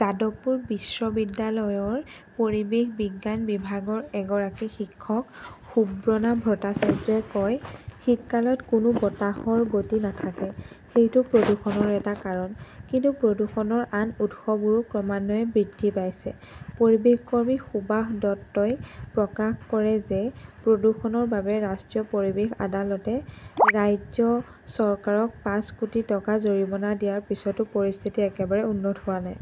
যাদৱপুৰ বিশ্ববিদ্যালয়ৰ পৰিৱেশ বিজ্ঞান বিভাগৰ এগৰাকী শিক্ষক সুব্ৰণা ভট্টাচাৰ্যই কয়, "শীতকালত কোনো বতাহৰ গতি নাথাকে। সেইটো প্ৰদূষণৰ এটা কাৰণ। কিন্তু প্ৰদূষণৰ আন উৎসবোৰো ক্ৰমান্বয়ে বৃদ্ধি পাইছে"। পৰিৱেশকৰ্মী সুভাষ দত্তই প্ৰকাশ কৰে যে, প্ৰদূষণৰ বাবে ৰাষ্ট্ৰীয় পৰিৱেশ আদালতে ৰাজ্য চৰকাৰক পাঁচ কোটি টকা জৰিমনা দিয়াৰ পিছতো পৰিস্থিতি একেবাৰে উন্নত হোৱা নাই।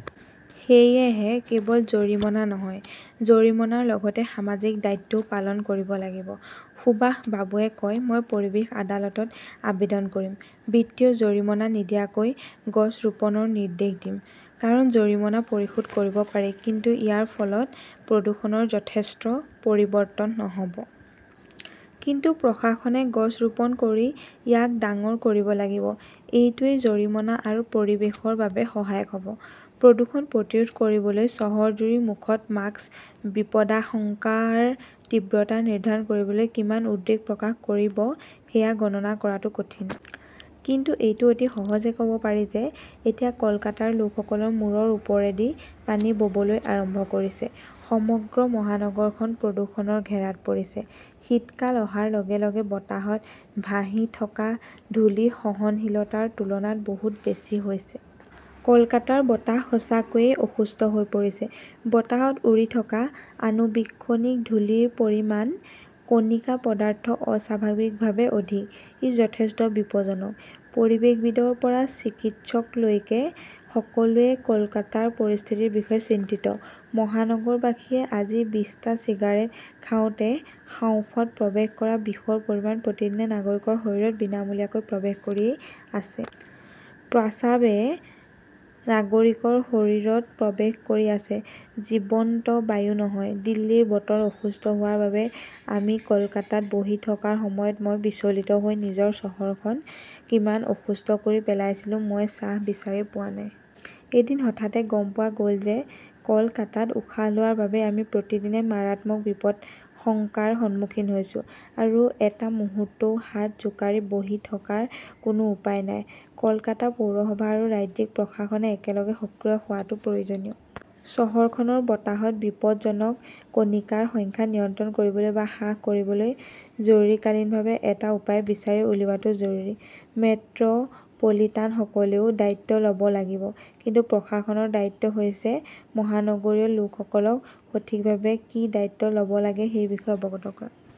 সেয়েহে কেৱল জৰিমনা নহয়, জৰিমনাৰ লগতে সামাজিক দায়িত্বও পালন কৰিব লাগিব। সুভাষ বাবুৱে কয়, "মই পৰিৱেশ আদালতত আবেদন কৰিম, বিত্তীয় জৰিমনা নিদিয়াকৈ গছ ৰোপণৰ নিৰ্দেশ দিম। কাৰণ, জৰিমনা পৰিশোধ কৰিব পাৰি । কিন্তু ইয়াৰ ফলত প্ৰদূষণৰ যথেষ্ট পৰিৱৰ্তন নহব। কিন্তু প্ৰশাসনে গছ ৰোপণ কৰি ইয়াক ডাঙৰ কৰিব লাগিব। এইটোৱেই জৰিমনা আৰু পৰিৱেশৰ বাবে সহায়ক হব"।প্ৰদূষণ প্ৰতিৰোধ কৰিবলৈ চহৰজুৰি মুখত 'মাস্ক " বিপদাশংকাৰ তীব্ৰতা নিৰ্ধাৰণ কৰিবলৈ কিমান উদ্বেগ প্ৰকাশ কৰিব সেয়া গণনা কৰাটো কঠিন। কিন্তু এইটো অতি সহজে ক'ব পাৰি যে, এতিয়া কলকাতাৰ লোকসকলৰ মূৰৰ ওপৰেদি পানী ববলৈ আৰম্ভ কৰিছে। সমগ্ৰ মহানগৰখন প্ৰদূষণৰ ঘেৰাত পৰিছে। শীতকাল অহাৰ লগে লগে বতাহত ভাহি থকা ধূলি সহনশীলতাৰ তুলনাত বহুত বেছি হৈছে। কলকাতাৰ বতাহ সঁচাকৈয়ে অসুস্থ হৈ পৰিছে। বতাহত উৰি থকা আণুবীক্ষণিক ধূলিৰ পৰিমাণ "কণিকা পদাৰ্থ" অস্বাভাৱিকভাৱে অধিক। ই যথেষ্ট বিপজ্জনক। পৰিৱেশবিদৰ পৰা চিকিৎসকলৈকে সকলোৱে কলকাতাৰ পৰিস্থিতিৰ বিষয়ে চিন্তিত। মহানগৰবাসীয়ে আজি বিশটা চিগাৰেট খাওঁতে হাঁওফাঁওত প্ৰৱেশ কৰা বিষৰ পৰিমাণ প্ৰতিদিনে নাগৰিকৰ শৰীৰত বিনামূলীয়াকৈ প্ৰৱেশ কৰি আছে। প্ৰস্ৰাৱে নাগৰিকৰ শৰীৰত প্ৰৱেশ কৰি আছে, জীৱন্ত বায়ু নহয়। দিল্লীৰ বতৰ অসুস্থ হোৱাৰ বাবে আমি কলকাতাত বহি থকাৰ সময়ত মই বিচলিত হৈ নিজৰ চহৰখন কিমান অসুস্থ কৰি পেলাইছিলো, মই চাহ বিচাৰি পোৱা নাই। এদিন হঠাতে গম পোৱা গ'ল যে, কলকাতাত উশাহ লোৱাৰ বাবে আমি প্ৰতিদিনে মাৰাত্মক বিপদাশংকাৰ সন্মুখীন হৈছো আৰু এটা মুহূৰ্তও হাত জোকাৰি বহি থকাৰ কোনো উপায় নাই। কলকাতা পৌৰসভা আৰু ৰাজ্যিক প্ৰশাসনে একেলগে সক্ৰিয় হোৱাটো প্ৰয়োজনীয়। চহৰখনৰ বতাহত বিপদজনক কণিকাৰ সংখ্যা নিয়ন্ত্ৰণ কৰিবলৈ বা হ্ৰাস কৰিবলৈ জৰুৰীকালীনভাৱে এটা উপায় বিচাৰি উলিওৱাটো জৰুৰী। মেট্ৰ 'পলিটানসকলেও দায়িত্ব ল' ব লাগিব। কিন্তু প্ৰশাসনৰ দায়িত্ব হৈছে মহানগৰীয় লোকসকলক সঠিকভাৱে কি দায়িত্ব ল'ব লাগে সেই বিষয়ে অৱগত কৰা।